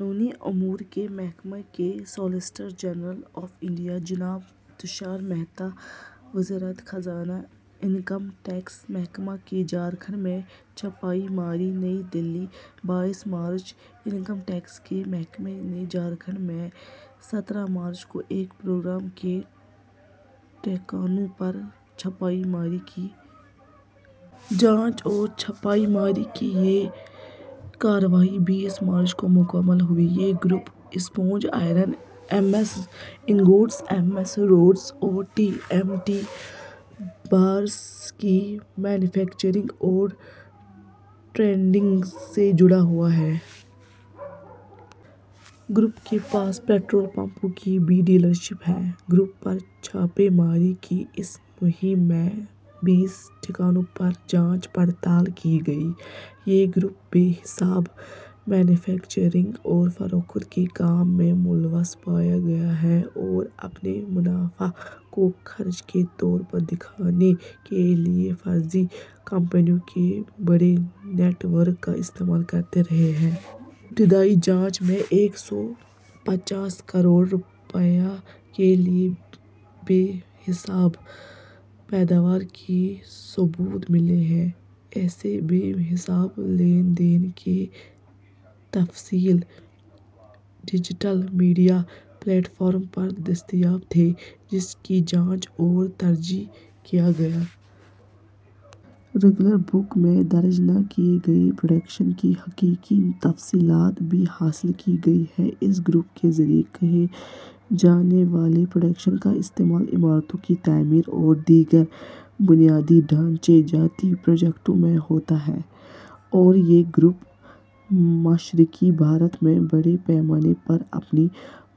قانونی امور کے محکمے کے سالیسیٹر جنرل آف انڈیا، جناب تشار مہتا،. وزارت خزانہ انکم ٹیکس محکمہ کی جھارکھنڈ میں چھاپے ماری نئی دہلی، بائیس مارچ۔ انکم ٹیکس کے محکمہ نے جھارکھنڈ میں سترہ مارچ کو ایک گروپ کے ٹھکانوں پر چھاپے ماری کی۔ جانچ اور چھاپے ماری کی یہ کارروائی بیس مارچ کو مکمل ہوئی۔ یہ group sponge iron, M S ingots, M S rods اور ٹی ایم ٹی بارس کی مینوفیکچرنگ اور ٹرینڈنگ سے جڑا ہوا ہے۔ گروپ کے پاس پٹرول پمپوں کی بھی ڈیلرشپ ہے۔ گروپ پر چھاپے ماری کی اس مہم میں بیس ٹھکانوں پر جانچ پڑتال کی گئی۔ یہ گروپ بے حساب مینوفیکچرنگ اور فروخت کے کام میں ملوث پایا گیا ہے اور اپنے منافع کو خرچ کے طور پر دکھانے کے لئے فرضی کمپنیوں کے بڑے نیٹ ورک کا استعمال کرتا رہا ہے۔ ابتدائی جانچ میں ایک سو پچاسی کروڑ روپئے کے بے حساب پیداوار کے ثبوت ملے ہیں۔ ایسے بے حساب لین دین کی تفصیل ڈیجیٹل میڈیا پلیٹ فارم پر دستیاب تھی، جس کی جانچ اور تجزیہ کیا گیا۔ ریگولر بکس میں درج نہ کئے گئے پروڈکشن کی حقیقی تفصیلات بھی حاصل کی گئی ہیں۔ اس گروپ کے ذریعے کئے جانے والے پروڈکشن کا استعمال عمارتوں کی تعمیر اور دیگر بنیادی ڈھانچہ جاتی پروجیکٹوں میں ہوتا ہے اور یہ گروپ مشرقی بھارت میں بڑے پیمانے پر اپنی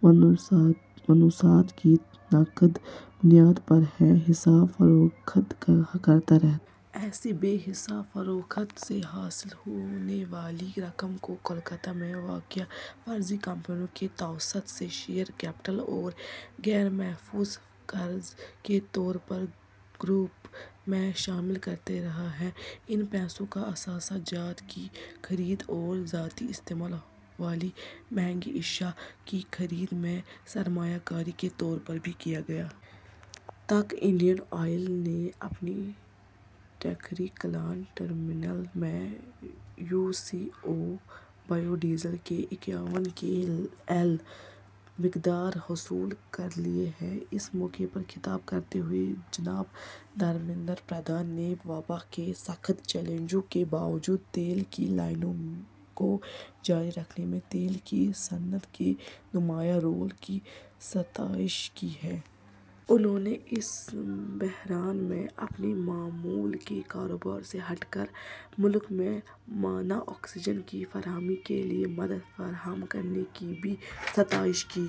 مصنوعات کی نقد بنیاد پر بے حساب فروخت کرتا رہا ہے۔ ایسی بے حساب فروخت سے حاصل ہونے والی رقم کو کولکاتہ میں واقع فرضی کمپنیوں کے توسط سے شیئر کیپٹل اور غیرمحفوظ قرض کے طور پر گروپ میں شامل کرتا رہا ہے۔ ان پیسوں کا اثاثہ جات کی خرید اور ذاتی استعمال والی مہنگی اشیاء کی خرید میں سرمایہ کاری کے طور پر بھی کیا گیا۔ تک انڈین آئل نے اپنے ٹیکری کلاں ٹرمینل میں U C O –biodiesel کی اکیاون کے ایل مقدار حصول کرلی ہے۔ اس موقع پر خطاب کرتے ہوئے جناب دھرمیندر پردھان نے، وباء کے سخت چیلنجوں کے باوجود تیل کی لائنوں کو جاری رکھنے میں تیل کی صنعت کے نمایاں رول کی ستائش کی ہے۔ انھوں نے اس بحران میں، اپنے معمول کے کاروبار سے ہٹ کر، ملک میں مانع آکسیجن کی فراہمی کے لئے مدد فراہم کرنے کی بھی ستائش کی۔